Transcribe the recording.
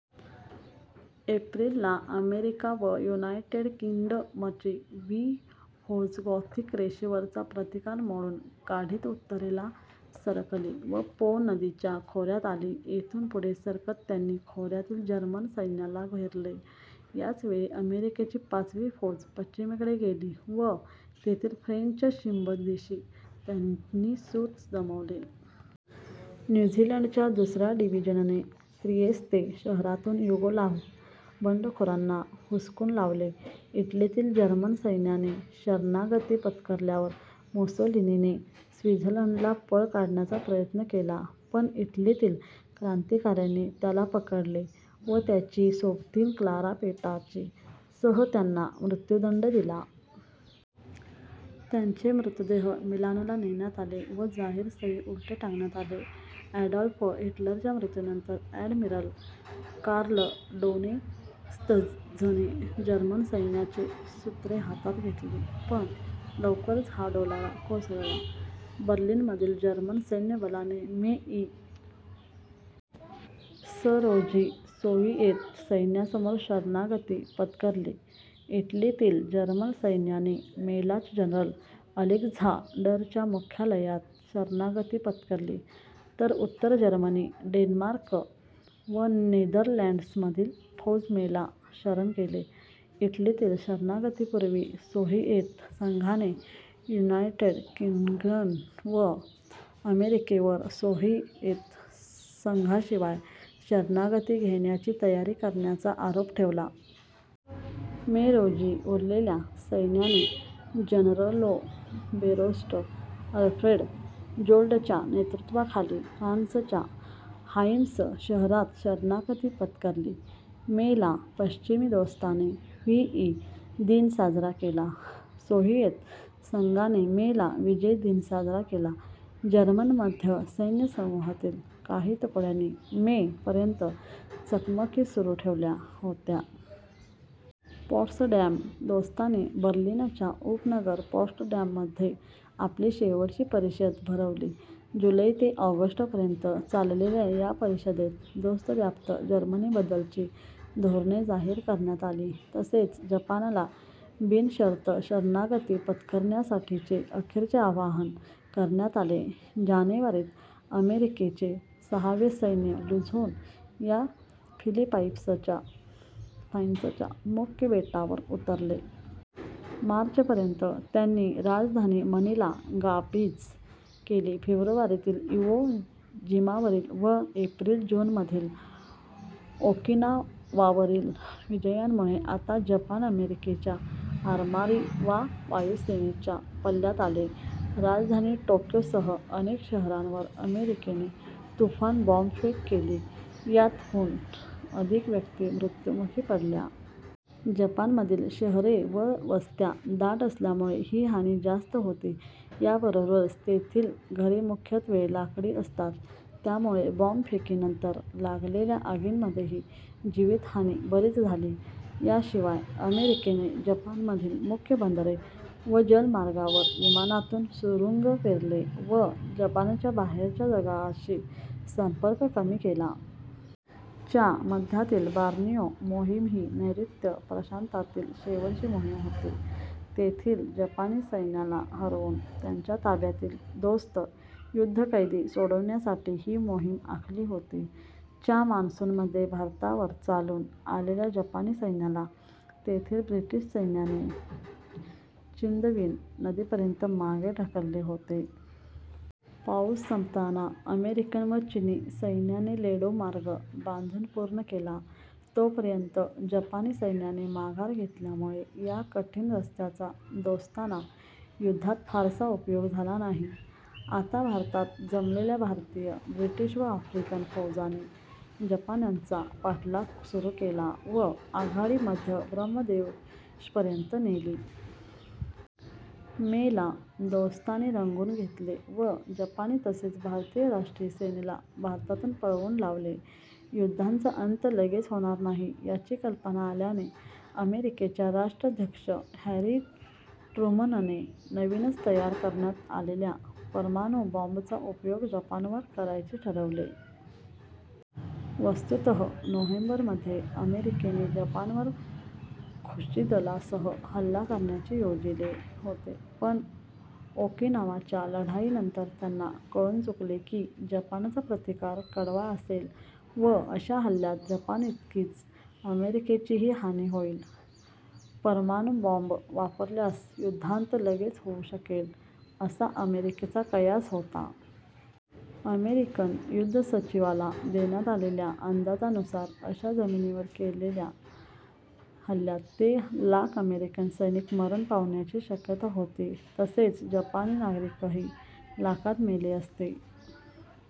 April ला America व United किंग्डमची वी फौज गॉथिक रेषेवरचा प्रतिकार मोडून काढीत उत्तरेला सरकली व पो नदीच्या खोऱ्यात आली. येथून पुढे सरकत त्यांनी खोऱ्यातील जर्मन सैन्याला घेरले. याच वेळी अमेरिकेची पाचवी फौज पश्चिमेकडे गेली व तेथील फ्रेंच शिबंदीशी त्यांनी सूत जमवले. न्यू झीलंडच्या दुसऱ्या डिव्हीजनने त्रियेस्ते शहरातून युगोस्लाव्ह बंडखोरांना हुसकून लावले. इटलीतील जर्मन सैन्याने शरणागती पत्करल्यावर मुसोलिनीने स्वित्झर्लंडला पळ काढण्याचा प्रयत्न केला पण इटलीतील क्रांतीकाऱ्यांनी त्याला पकडले व त्याची सोबतीण क्लारा पेटाची सह त्यांना मृत्युदंड दिला. त्यांचे मृतदेह मिलानला नेण्यात आले व जाहीर स्थळी उलटे टांगण्यात आले. ॲडॉल्फ हिटलरच्या मृत्यूनंतर ॲडमिरल कार्ल डोनित्झने जर्मन सैन्याचे सूत्रे हातात घेतली पण लवकरच हा डोलारा कोसळला. बर्लिनमधील जर्मन सैन्यबलाने मे, इ. स. रोजी सोव्हिएत सैन्यासमोर शरणागती पत्करली. इटलीतील जर्मन सैन्याने मेलाच जनरल अलेक्झांडरच्या मुख्यालयात शरणागती पत्करली तर उत्तर जर्मनी, डेन्मार्क व नेदरलँड्समधील फौज मेला शरण गेले. इटलीतील शरणागतीपूर्वी सोव्हिएत संघाने युनायटेड किंग्डम व अमेरिकेवर सोव्हिएत संघाशिवाय शरणागती घेण्याची तयारी करण्याचा आरोप ठेवला. मे रोजी उरलेल्या सैन्याने जनरलोबेरोस्ट आल्फ्रेड जोड्लच्या नेतृत्वाखाली फ्रान्सच्या ऱ्हाइम्स शहरात शरणागती पत्करली. मे ला पश्चिमी दोस्तांनी व्ही. ई. दिन साजरा केला. सोव्हिएत संघाने मे ला विजय दिन साजरा केला. जर्मन मध्य सैन्यसमूहातील काही तुकड्यांनी मे - पर्यंत चकमकी सुरू ठेवल्या होत्या. पॉट्सडॅम दोस्तांनी बर्लिनच्या उपनगर पॉट्सडॅममध्ये आपली शेवटची परिषद भरवली. जुलै ते ऑगस्ट पर्यंत चाललेल्या या परिषदेत दोस्तव्याप्त जर्मनीबद्दलची धोरणे जाहीर करण्यात आली तसेच जपानला बिनशर्त शरणागती पत्करण्यासाठीचे अखेरचे आवाहन करण्यात आले. जानेवारीत अमेरिकेचे सहावे सैन्य लुझोन या फिलिपाईन्सच्या मुख्य बेटावर उतरले. मार्चपर्यंत त्यांनी राजधानी मनिला काबीज केली. फेब्रुवारीतील इवो जिमावरील व एप्रिल-जूनमधील ओकिनावावरील विजयांमुळे आता जपान अमेरिकेच्या आरमारी व वायुसेनेच्या पल्ल्यात आले. राजधानी टोक्योसह अनेक शहरांवर अमेरिकेने तुफान बॉम्बफेक केली. यात, हून अधिक व्यक्ती मृत्युमुखी पडल्या. जपानमधील शहरे व वस्त्या दाट असल्यामुळे ही हानी जास्त होती. या बरोबरच तेथील घरे मुख्यत्वे लाकडी असतात त्यामुळे बॉम्बफेकीनंतर लागलेल्या आगींमध्येही जीवितहानी बरीच झाली. या शिवाय अमेरिकेने जपानमधील मुख्य बंदरे व जलमार्गांवर विमानांतून सुरूंग पेरले व जपानचा बाहेरच्या जगाशी संपर्क कमी केला. च्या मध्यातील बॉर्नियो मोहीम ही नैर्ऋत्य प्रशांतातील शेवटची मोहीम होती. तेथील जपानी सैन्याला हरवून त्यांच्या ताब्यातील दोस्त युद्धकैदी सोडविण्यासाठी ही मोहीम आखली होती. च्या मॉन्सून मध्ये भारतावर चालून आलेल्या जपानी सैन्याला तेथील ब्रिटिश सैन्याने चिंदविन नदीपर्यंत मागे ढकलले होते. पाऊस संपताना अमेरिकन व चिनी सैन्याने लेडो मार्ग बांधून पूर्ण केला. तोपर्यंत जपानी सैन्याने माघार घेतल्यामुळे या कठीण रस्त्याचा दोस्तांना युद्धात फारसा उपयोग झाला नाही. आता भारतात जमलेल्या भारतीय, ब्रिटिश व आफ्रिकन फौजांनी जपान्यांचा पाठलाग सुरू केला व आघाडी मध्य ब्रह्मदेशपर्यंत नेली. मे ला दोस्तांनी रंगून घेतले व जपानी तसेच भारतीय राष्ट्रीय सेनेला भारतातून पळवून लावले. युद्धाचा अंत लगेच होणार नाही याची कल्पना आल्याने अमेरिकेच्या राष्ट्राध्यक्ष हॅरी ट्रुमनने नवीनच तयार करण्यात आलेल्या परमाणु बॉम्बचा उपयोग जपानवर करायचे ठरवले. वस्तुतः नोव्हेंबरमध्ये अमेरिकेने जपानवर खुश्कीदलासह हल्ला करण्याचे योजिले होते पण ओकिनावाच्या लढाईनंतर त्यांना कळून चुकले की जपानचा प्रतिकार कडवा असेल व अशा हल्ल्यात जपानइतकीच अमेरिकेचीही हानी होईल. परमाणुबॉम्ब वापरल्यास युद्धांत लगेच होऊ शकेल असा अमेरिकेचा कयास होता. अमेरिकन युद्धसचिवाला देण्यात आलेल्या अंदाजानुसार अशा जमिनीवर केलेलल्या हल्ल्यात ते लाख अमेरिकन सैनिक मरण पावण्याची शक्यता होती. तसेच जपानी नागरिकही लाखांत मेले असते.